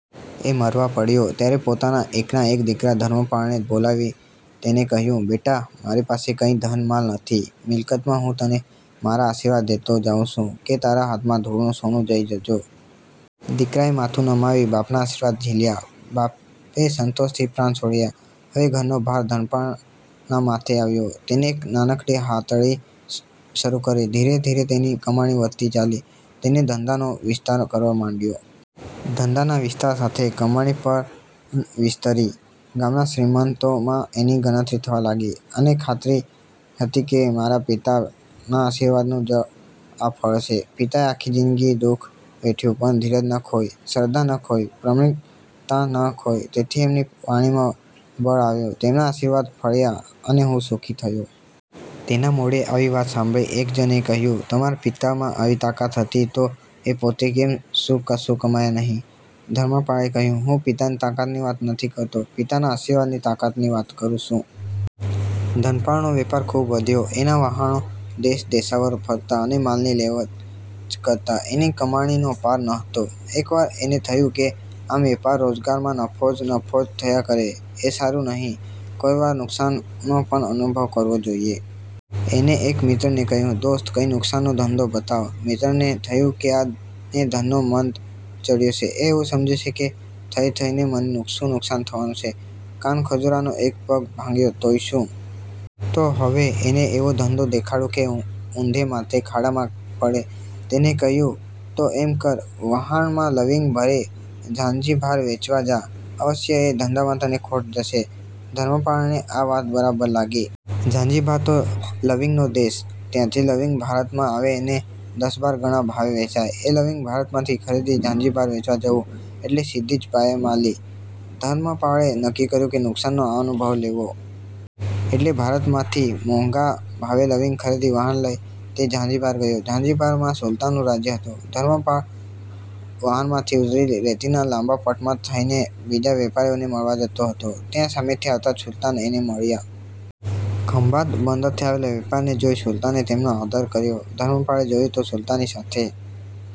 એ મરવા પડ્યો ત્યારે પોતાના એકના એક દીકરા ધર્મપાળને બોલાવી તેણે કહ્યું: 'બેટા, મારી પાસે કંઈ ધનમાલ નથી. મિલકતમાં હું તને મારા આશીર્વાદ દેતો જાઉં છું કે તારા હાથમાં ધૂળનું સોનું દઇ જજો! ' દીકરાએ માથું નમાવી બાપના આશીર્વાદ ઝીલ્યા. બાપે સંતોષથી પ્રાણ છોડ્યા. હવે ઘરનો ભાર ધનપાળના માથે આવ્યો. તેણે એક નાનકડી હાટડી શરૂ કરી. ધીરે ધીરે તેની કમાણી વધતી ચાલી. તેણે ધંધાનો વિસ્તાર કરવા માંગીયો. ધંધાના વિસ્તાર સાથે કમાણી પણ વિસ્તરી. ગામના શ્રીમંતોમાં એની ગણતરી થવા લાગી. એને ખાતરી હતી કે મારા પિતાના આશીર્વાદનું જ આ ફળ છે. પિતાએ આખી જિંદગી દુ:ખ વેઠ્યું, પણ ધીરજ ન ખોઈ, શ્રદ્ધા ન ખોઈ, પ્રમાણિકતા ન ખોઈ, તેથી એમની વાણીનો બળ આવ્યું, તેમના શીર્વાદ ફળ્યા, અને હું સુખી થયો. તેના મોઢે આવી વાત સાંભળી એક જણે કહ્યું: 'તમારા પિતામાં આવી તાકાત હતી, તો એ પોતે કેમ શુ કશું કમાયા નહિ? ' ધર્મપાળે કહ્યું: 'હું પિતાની તાકાતની વાત નથી કરતો, પિતાના આશીર્વાદની તાકાતની વાત કરું શુ. ધનપાળનો વેપાર ખૂબ વધ્યો. એનાં વહાણો દેશદેશાવર ફરતાં અને માલની લેવેચ કરતાં. એની કમાણીનો પાર ન હતો. એકવાર એને થયું કે આમ વેપાર રોજગારમાં નફો જ નફો થયા કરે એ સારું નહિ, કોઈ વાર નુકસાનનો પણ અનુભવ કરવો જોઈએ. એણે એક મિત્રને કહ્યું: 'દોસ્ત, કંઈ નુકસાનનો ધંધો બતાવ! ' મિત્રને થયું કે આને ધનનો મદ ચડ્યો છે; એ એવું સમજે છે કે થઈ થઈને મને શું નુકસાન થવાનું છે? કાનખજૂરાનો એક પગ ભાંગ્યો તોય શું? તો હવે એને એવો ધંધો દેખાડું કે ઊંધે માથે ખાડામાં પડે. તેણે કહ્યું: 'તો એમ કર! વહાણમાં લવિંગ ભરી ઝાંઝીબાર વેચવા જા! અવશ્ય એ ધંધામાં તને ખોટ જશે. ' ધર્મપાળને આ વાત બરાબર લાગી. ઝાંઝીબાર તો લવિંગનો દેશ, ત્યાંથી લવિંગ ભારતમાં આવે ને દશબાર ગણા ભાવે વેચાય. એ લવિંગ ભારતમાંથી ખરીદી ઝાંઝીબાર વેચવા જવું એટલે સીધી જ પાયમાલી. ધર્મપાળે નક્કી કર્યું કે નુકસાનનો આ અનુભવ લેવો. એટલે ભારતમાંથી મોંઘા ભાવે લવિંગ ખરીદી વહાણ લઈ તે ઝાંઝીબાર ગયો. ઝાંઝીબારમાં સુલતાનનું રાજ્ય હતું. ધર્મપાળ વહાણમાંથી ઊતરી રેતીના લાંબા પટમાં થઈને બીજા વેપારીઓને મળવા જતો હતો. ત્યાં સામેથી આવતા સુલતાન એને મળ્યા. ખંભાત બંદરથી આવેલા વેપારીને જોઈ સુલતાને તેમનો આદર કર્યો. ધર્મપાળે જોયું તો સુલતાનની સાથે